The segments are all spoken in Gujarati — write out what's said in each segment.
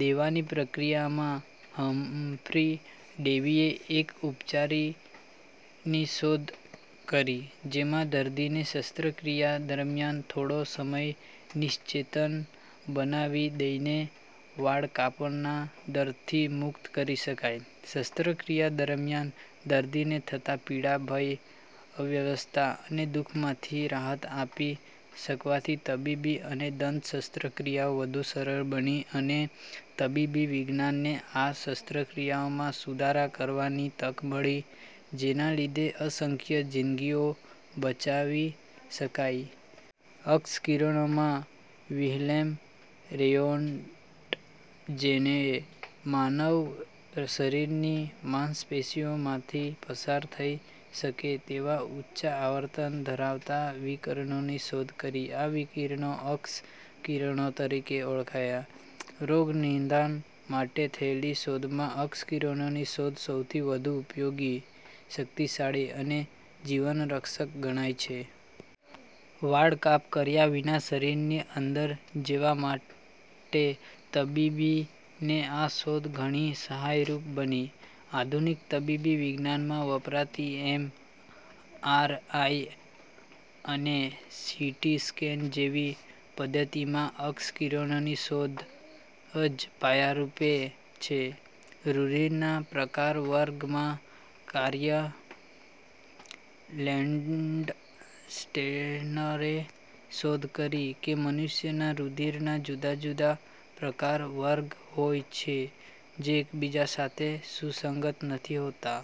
દેવાની પ્રક્રિયા માં હમ્ફ્રી ડેવીએ એક ઉપચારની શોધ કરી જેમાં દર્દીને શસ્ત્રક્રિયા દરમ્યાન થોડો સમય નિશ્ચેતન બનાવી દઈને વાઢકાપના દર્દથી મુક્ત કરી શકાય. શસ્ત્રક્રિયા દરમ્યાન દર્દીને થતા પીડા, ભય, અસ્વસ્થતા અને દુઃખમાંથી રાહત આપી શકાવાથી તબીબી અને દંત શસ્ત્રક્રિયાઓ વધુ સરળ બની અને તબીબી વિજ્ઞાનને આ શસ્ત્રક્રિયાઓમાં સુધારા કરવાની તક મળી જેના લીધે અસંખ્ય જીન્દગીઓ બચાવી શકાઈ. ક્ષ કિરણો માં વિહેલ્મ રોએન્ટજેનએ માનવશરીરની માંસપેશીઓમાંથી પસાર થઇ શકે તેવા ઊંચા આવર્તન ધરાવતા વિકિરણોની શોધ કરી. આ વિકિરણો ક્ષ કિરણો તરીકે ઓળખાય છે. રોગ નિદાન માટે થયેલી શોધોમાં ક્ષ કિરણોની શોધ સૌથી વધુ ઉપયોગી, શક્તિશાળી અને જીવનરક્ષક ગણાય છે. વાઢકાપ કર્યા વિના શરીરની અંદર જોવા માટે તબીબોને આ શોધ ઘણી સહાયરૂપ બની. આધુનિક તબીબી વિજ્ઞાનમાં વપરાતી એમ. આર. આઈ. અને સી. ટી. સ્કેન જેવી પધ્ધતિમાં ક્ષ કિરણોની શોધ જ પાયારૂપ છે. રુધિરના પ્રકાર-વર્ગ માં કાર્લ લેન્ડસ્ટેનરએ શોધ કરી કે મનુષ્યના રુધિરના જુદા જુદા પ્રકાર-વર્ગ હોય છે જે એકબીજા સાથે સુસંગત નથી હોતા.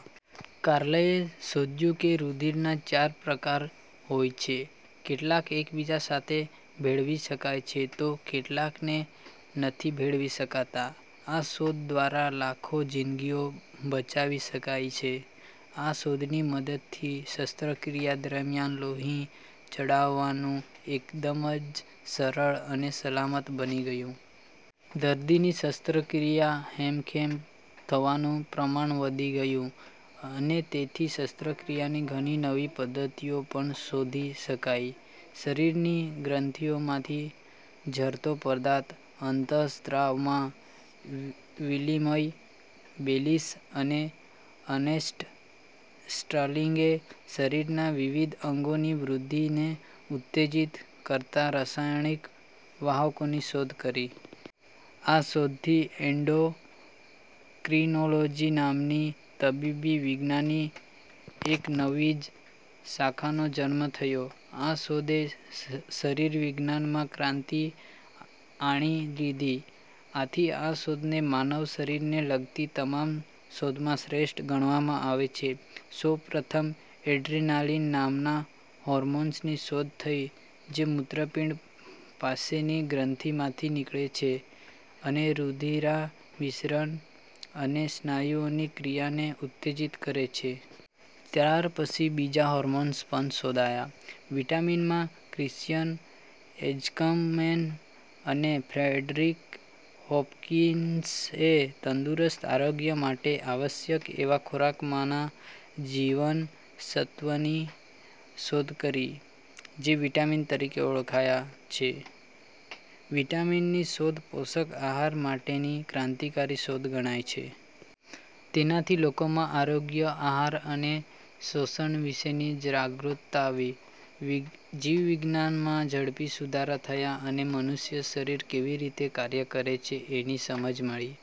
કાર્લએ શોધ્યું કે રુધિરના ચાર પ્રકાર હોય છે. કેટલાક એકબીજા સાથે ભેળવી શકાય છે તો કેટલાકને નથી ભેળવી શકાતા. આ શોધ દ્વારા લાખો જીન્દગીઓ બચાવી શકાઇ છે. આ શોધની મદદથી શસ્ત્રક્રિયા દરમ્યાન લોહી ચઢાવવાનું એકદમ જ સરળ અને સલામત બની ગયું. દર્દીની શસ્ત્રક્રિયા હેમખેમ થવાનું પ્રમાણ વધી ગયું અને તેથી શસ્ત્રક્રિયાની ઘણી નવી પદ્ધતિઓ પણ શોધી શકાઇ. શરીરની ગ્રંથીઓમાંથી ઝરતો પદાર્થ અંત:સ્ત્રાવ માં વિલિયમ બેલિસ અને અર્નેસ્ટ સ્ટર્લીંગએ શરીરના વિવિધ અંગોની વૃદ્ધિને ઉત્તેજિત કરતા રસાયણિક વાહકોની શોધ કરી. આ શોધથી એન્ડોક્રીનોલોજી નામની તબીબી વિજ્ઞાનની એક નવી જ શાખાનો જન્મ થયો. આ શોધે શરીરવિજ્ઞાનમાં ક્રાંતિ આણી દીધી. આથી આ શોધને માનવ શરીરને લગતી તમામ શોધોમાં શ્રેષ્ઠ ગણવામાં આવે છે. સૌપ્રથમ અડ્રેનલીન નામના હોર્મોનની શોધ થઇ જે મૂત્રપિંડ પાસેની ગ્રંથિમાંથી નીકળે છે અને રુધિરાભિસરણ અને સ્નાયુની ક્રિયાને ઉત્તેજિત કરે છે. ત્યાર પછી બીજા હોર્મોન પણ શોધાયા. વિટામીન માં ક્રિશ્ચયન એજક્મેન અને ફ્રેડરિક હોપકિન્સએ તંદુરસ્ત આરોગ્ય માટે આવશ્યક એવા ખોરાકમાંના જીવનસત્વની શોધ કરી. જે વિટામીન તરીકે ઓળખાય છે. વિટામીનની શોધ પોષક આહાર માટેની ક્રાંતિકારી શોધ ગણાય છે. તેનાથી લોકોમાં આરોગ્ય, આહાર અને પોષણ વિષેની જાગૃક્તા આવી. જીવવિજ્ઞાનમાં ઝડપી સુધારા થયા અને મનુષ્ય શરીર કેવી રીતે કાર્ય કરે છે એની સમજ મળી.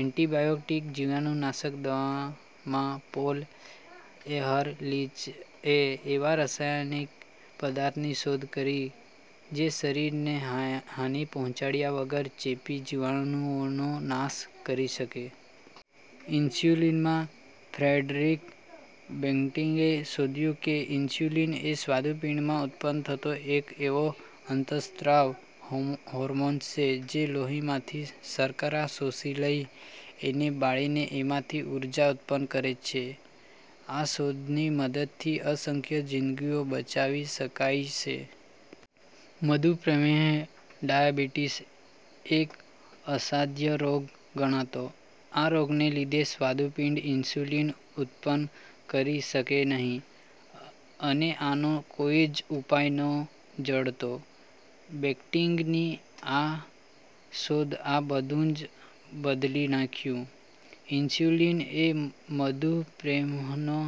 એન્ટિબાયોટિક જીવાણુનાશક દવા માં પોલ એહરલીચએ એવા રસાયણિક પદાર્થની શોધ કરી જે શરીરને હાની પહોંચાડ્યા વગર ચેપી જીવાણુઓનો નાશ કરી શકે. ઇન્સ્યુલિન માં ફ્રેડરિક બેન્ટીંગએ શોધ્યું કે ઇન્સ્યુલિન એ સ્વાદુપિંડમાં ઉત્તપન્ન થતો એક એવો અંતસ્ત્રાવ હોર્મોન છે જે લોહીમાંથી શર્કરા શોષી લઇ, એને બાળીને એમાંથી ઊર્જા ઉત્તપન્ન કરે છે. આ શોધની મદદથી અસંખ્ય જીન્દગીઓ બચાવી શકાઇ છે. મધુપ્રમેહ-ડાયાબીટીસ એક અસાધ્ય રોગ ગણાતો. આ રોગને લીધે સ્વાદુપિંડ ઇન્સ્યુલિન ઉત્તપન્ન કરી શકે નહીં અને આનો કોઈ જ ઉપાય નહોતો જડતો. બેન્ટીંગની આ શોધે આ બધું જ બદલી નાંખ્યું. ઇન્સ્યુલિન એ મધુપ્રમેહના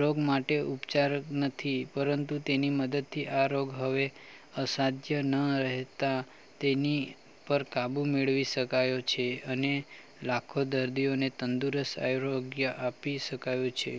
રોગ માટેનો ઉપચાર નથી પરંતુ તેની મદદથી આ રોગ હવે અસાધ્ય ન રહેતાં તેની પર કાબુ મેળવી શકાયો છે અને લાખો દર્દીઓને તંદુરસ્ત આરોગ્ય આપી શકાયું છે.